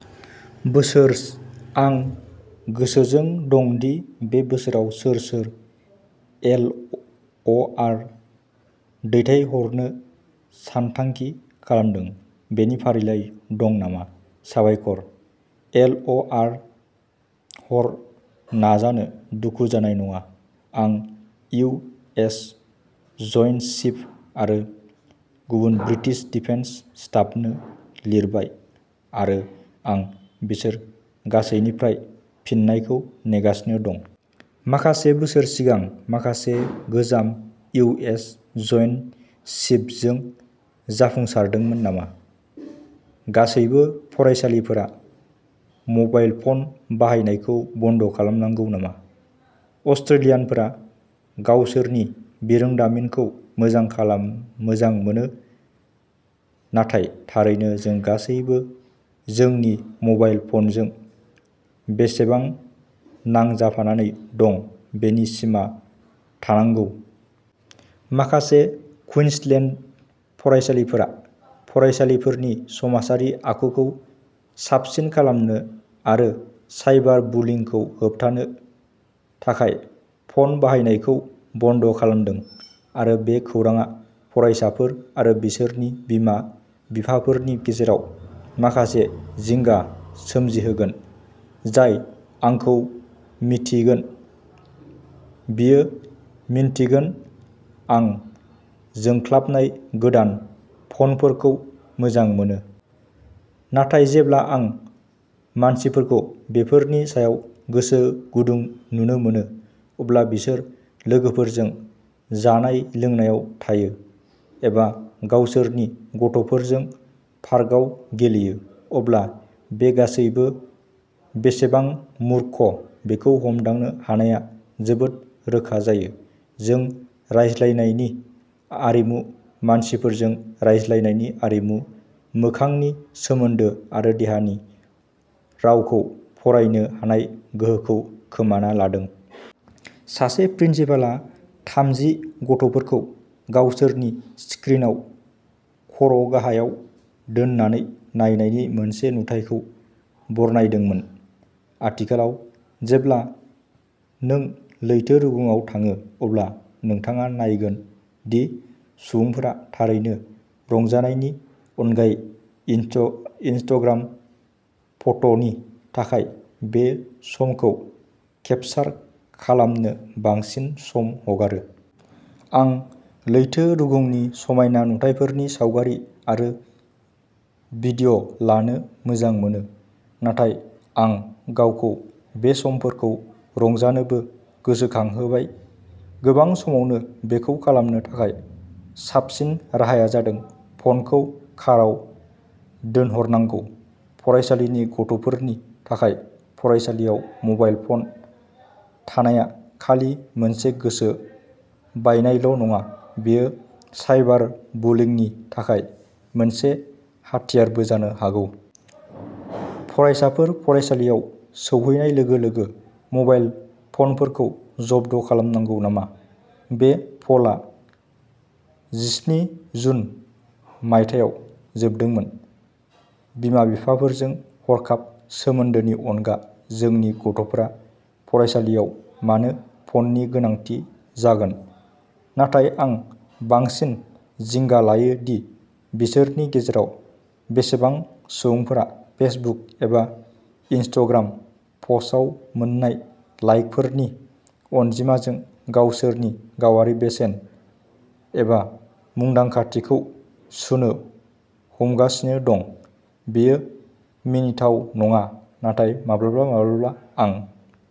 बोसोर आं गोसोजों दं दि बे बोसोराव सोर सोर एल अ आर दैथायहरनो सानथांखि खालामदों बेनि फारिलाइ दं नामा। साबायखर। एल अ आर हर नाजानो दुखु जानाय नङा। आं इउ एस जोइन्ट चीफ्स आरो गुबुन ब्रिटिश डिफेन्स स्टाफनो लिरबाय आरो आं बिसोर गासैनिफ्राय फिननायखौ नेगासिनो दं। माखासे बोसोर सिगां माखासे गोजाम इउ एस जोइन्ट चीफ्सजों जाफुंसारदोंमोन नामा। गासैबो फरायसालिफोरा मबाइल फन बाहायनायखौ बन्द खालामनांगौ नामा? अस्ट्रेलियानफोरा गावसोरनि बिरोंदामिनखौ मोजां मोनो नाथाय थारैनो जों गासैबो जोंनि मबाइल फनजों बेसेबां नांफानानै दं बेनि सिमा थानांगौ। माखासे कुइन्सलेन्ड फरायसालिफोरा फरायसाफोरनि समाजारि आखुखौ साबसिन खालामनो आरो साइबार बुलिंखौ होबथानो थाखाय फन बाहायनायखौ बन्द खालामदों बे खौरांआ फरायसाफोर आरो बिसोरनि बिमा बिफाफोरनि गेजेराव माखासे जिंगा सोमजिहोगोन। जाय आंखौ मिन्थिगोन बियो मिन्थिगोन आं जोंख्लाबनाय गोदान फनफोरखौ मोजां मोनो। नाथाय जेब्ला आं मानसिफोरखौ बेफोरनि सायाव गोसो गुदुं नुनो मोनो। जेब्ला बिसोर लोगोफोरजों जानाय लोंनायाव थायो एबा गावसोरनि गथ'फोरजों पार्कआव गेलेयो अब्ला बे गासैबो बेसेबां मूर्ख बेखौ हमदांनो हानायआ जोबोद रोखा जायो। जों रायज्लायनायनि आरिमु मानसिफोरजों रायज्लायनायनि आरिमु मोखांनि सोमोन्दो आरो देहानि रावखौ फरायनो हानाय गोहोखौ खोमाना लादों। सासे प्रिन्सिपालआ थामजि गथ'फोरखौ गावसोरनि स्क्रिनआव खर'गाहायाव दोननानै नायनायनि मोनसे नुथायखौ बरनायदोंमोन। आथिखालाव जेब्ला नों लैथो रुगुंआव थाङो अब्ला नोंथाङा नायगोन दि सुबुंफोरा थारैनो रंजानायनि अनगायै इनस्टाग्राम फट'नि थाखाय बे समखौ'केपसार'खालामनो बांसिन सम हगारो। आं लैथो रुगुंनि समायना नुथायफोरनि सावगारि आरो भिडिय'लानो मोजां मोनो। नाथाय आं गावखौ बे समफोरखौ रंजानोबो गोसोखांहोबाय। गोबां समावनो बेखौ खालामनो थाखाय साबसिन राहाया जादों फ'नखौ काराव दोनहरनांगौ। फरायसालिनि गथ'फोरनि थाखाय फरायसालियाव मबाइल फ'न थानाया खालि मोनसे गोसो बायनायल'नङा बेयो साइबार बुलिंनि थाखाय मोनसे हाथियारबो जानो हागौ। फरायसाफोर फरायसालियाव सौफैनाय लोगो लोगो मबाइल फ'नफोरखौ जब्द खालामनांगौ नामा? बे पोलआ जिस्नि जुन मायथाइयाव जोबदोंमोन। बिमा बिफाफोरजों हरखाब सोमोन्दोनि अनगा जोंनि गथ'फोरा फरायसालियाव मानो फ'ननि गोनांथि जागोन नाथाय आं बांसिन जिंगा लायो दि बिसोरनि गेजेराव बेसेबां सुबुंफोरा फेसबुक एबा इनस्टाग्राम पस्टआव मोन्नाय लाइकफोरनि अनजिमाजों गावसोरनि गावआरि बेसेन एबा मुंदांखाथिखौ सुनो हमगासिनो दं। बेयो मिनिथाव नङा नाथाय माब्लाबा माब्लाबा आं